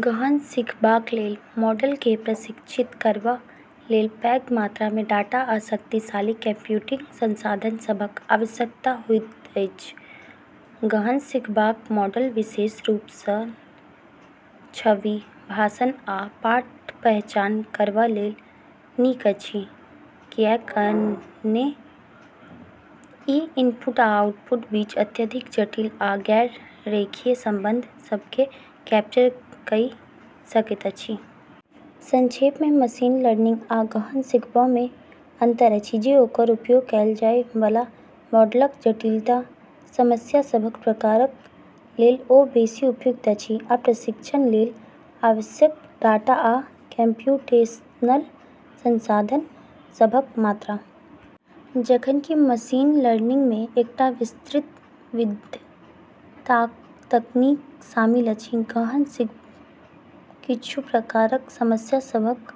गहन सिखबाक लेल मॉडलकेँ प्रशिक्षित करबा लेल पैघ मात्रामे डाटा आ शक्तिशाली कंप्यूटिंग संसाधन सभक आवश्यकता होइत अछि। गहन सिखबाक मॉडल विशेष रूप सँ छवि, भाषण आ पाठ पहचान करबा लेल नीक अछि, कियाकअहने ई इनपुट आ आउटपुटक बीच अत्यधिक जटिल आ गैर-रेखीय संबंध सभकेँ कैप्चर कइ सकैत अछि। संक्षेपमे, मशीन लर्निंग आ गहन सिखबामे अंतर अछि जे ओकर उपयोग कएल जाए बला मॉडलक जटिलता, समस्या सभक प्रकारक लेल ओ बेसी उपयुक्त अछि, आ प्रशिक्षण लेल आवश्यक डाटा आ कम्प्यूटेशनल संसाधन सभक मात्रा। जखन कि मशीन लर्निंगमे एकटा विस्तृत विविधताक तकनीक शामिल अछि, गहन सिखब किछु प्रकारक समस्या सभक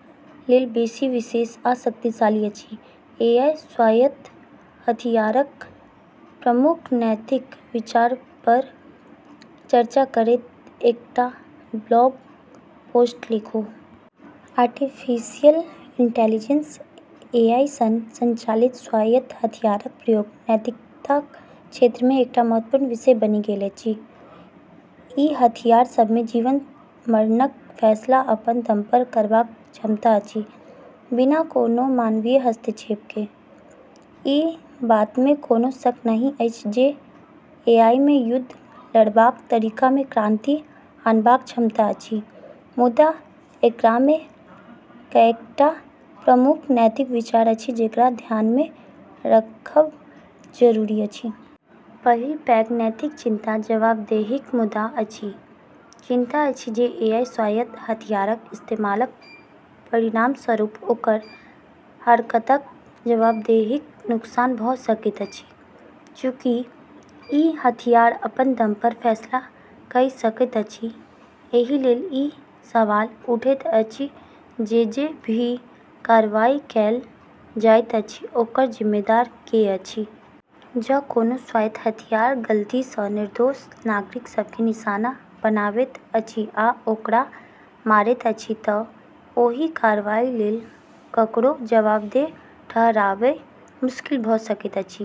लेल बेसी विशेष आ शक्तिशाली अछि। एआई स्वायत्त हथियारक प्रमुख नैतिक विचारपर चर्चा करैत एकटा ब्लॉग पोस्ट लिखू। आर्टिफिशियल इंटेलिजेंस (एआई) सँ संचालित स्वायत्त हथियारक प्रयोग नैतिकताक क्षेत्रमे एकटा महत्वपूर्ण विषय बनि गेल अछि। ई हथियार सभमे जीवन-मरणक फैसला अपन दमपर करबाक क्षमता अछि, बिना कोनो मानवीय हस्तक्षेप केँ। ई बातमे कोनो शक नहि अछि जे एआईमे युद्ध लड़बाक तरीकामे क्रांति आनबाक क्षमता अछि, मुदा एकरामे कएकटा प्रमुख नैतिक विचार अछि जेकरा ध्यानमे राखब जरूरी अछि। पहिल पैघ नैतिक चिंता जवाबदेहीक मुद्दा अछि। चिंता अछि जे एआई स्वायत्त हथियारक इस्तेमालक परिणामस्वरूप ओकर हरकतक जवाबदेहीक नुकसान भऽ सकैत अछि। चूँकि ई हथियार अपन दमपर फैसला कइ सकैत अछि, एहिलेल ई सवाल उठैत अछि जे जे भी कार्रवाई कएल जाइत अछि ओकर जिम्मेदार के अछि। जँ कोनो स्वायत्त हथियार गलतीसँ निर्दोष नागरिक सभकेँ निशाना बनाबैत अछि आ ओकरा मारैत अछि तँ ओही कार्रवाई लेल ककरो जवाबदेह ठहराएब मुश्किल भऽ सकैत अछि।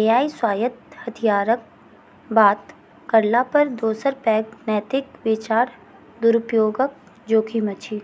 एआई स्वायत्त हथियारक बात करलापर दोसर पैघ नैतिक विचार दुरुपयोगक जोखिम अछि।